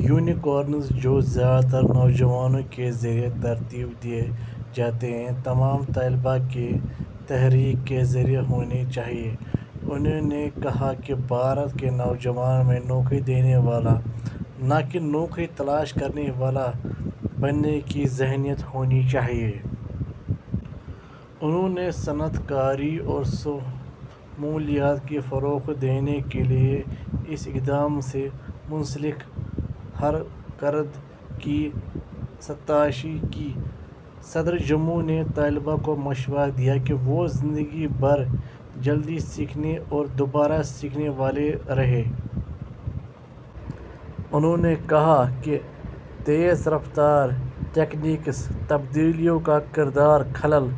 Unicorns, جو زیادہ تر نوجوانوں کے ذریعے ترتیب دیے جاتے ہیں، تمام طلباء کے لیے تحریک کا ذریعہ ہونے چاہئیں۔ انہوں نے کہا کہ بھارت کے نوجوانوں میں نوکری دینے والے، نہ کہ نوکری تلاش کرنے والے، بننے کی ذہنیت ہونی چاہیے۔ انہوں نے صنعت کاری اور شمولیت کو فروغ دینے کے لیے اس اقدام سے منسلک ہر فرد کی ستائش کی۔ صدر جمہوریہ نے طلباء کو مشورہ دیا کہ وہ زندگی بھر جلدی سیکھنے اور دوبارہ سیکھنے والے رہیں۔ انہوں نے کہا کہ تیز رفتار تکنیکی تبدیلیوں کا کردار خلل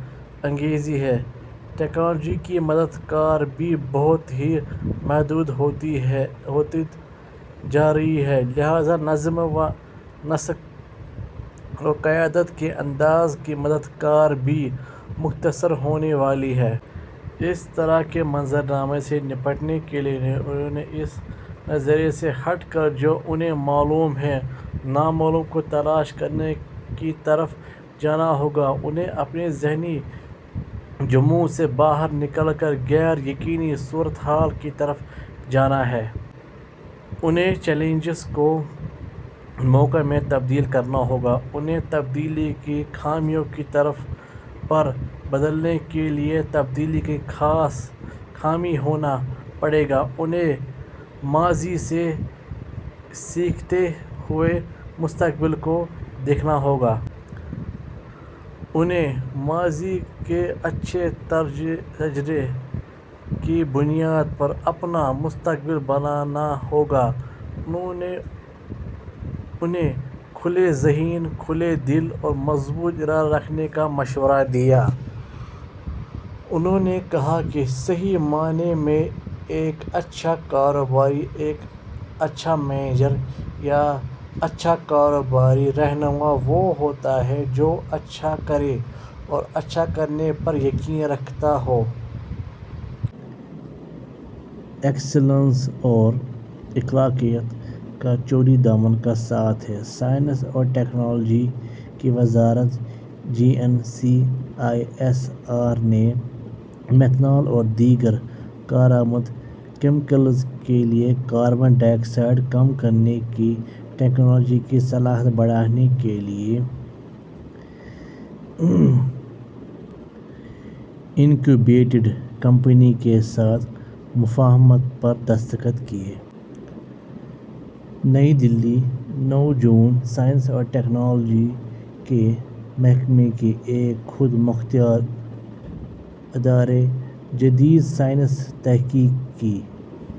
انگیز ہے۔ ٹیکنالوجیوں کی مدت کار بھی بہت ہی محدود ہوتی جا رہی ہے۔ لہٰذا، نظم و نسق اور قیادت کے انداز کی مدت کار بھی مختصر ہونے والی ہے۔ اس طرح کے منظرنامے سے نمٹنے کے لیے انہیں اس نظریے سے ہٹ کر جو انہیں معلوم ہے، نامعلوم کو تلاش کرنے کی طرف جانا ہوگا۔ انہیں اپنے ذہنی جمود سے باہر نکل کر غیر یقینی صورت حال کی طرف جانا ہے۔ انہیں چیلنجز کو مواقع میں تبدیل کرنا ہوگا۔ انہیں تبدیلی کے حامیوں کے طور پر بدلنے کے لیے تبدیلی کا حامی ہونا پڑے گا۔ انہیں ماضی سے سیکھتے ہوئے مستقبل کو دیکھنا ہوگا۔ انہیں ماضی کے اچھے تجربے کی بنیاد پر اپنا مستقبل بنانا ہوگا۔ انہوں نے انہیں کھلے ذہن، کھلے دل اور مضبوط ارادہ رکھنے کا مشورہ دیا۔ انہوں نے کہا کہ صحیح معنی میں ایک اچھا کاروباری، اچھا مینیجر یا اچھا کاروباری رہنما وہ ہوتا ہے جو اچھا کرے اور اچھا کرنے پر یقین رکھتا ہو۔ ایکسیلنس اور اخلاقیات کا چولی دامن کا ساتھ ہے۔ سائنس اور ٹیکنالوجی کی وزارت، J N C A S R نے میتھنول اور دیگر کارآمد کیمیکلز کے لیے کاربن ڈائی آکسائیڈ کم کرنے کی ٹیکنالوجی کی صلاحیت بڑھانے کے لیے انکیوبیٹڈ کمپنی کے ساتھ مفاہمت پر دستخط کیے۔ نئی دہلی، نو جون۔ سائنس اور ٹیکنالوجی کے محکمے کے ایک خود مختار ادارے، جدید سائنسی تحقیق کے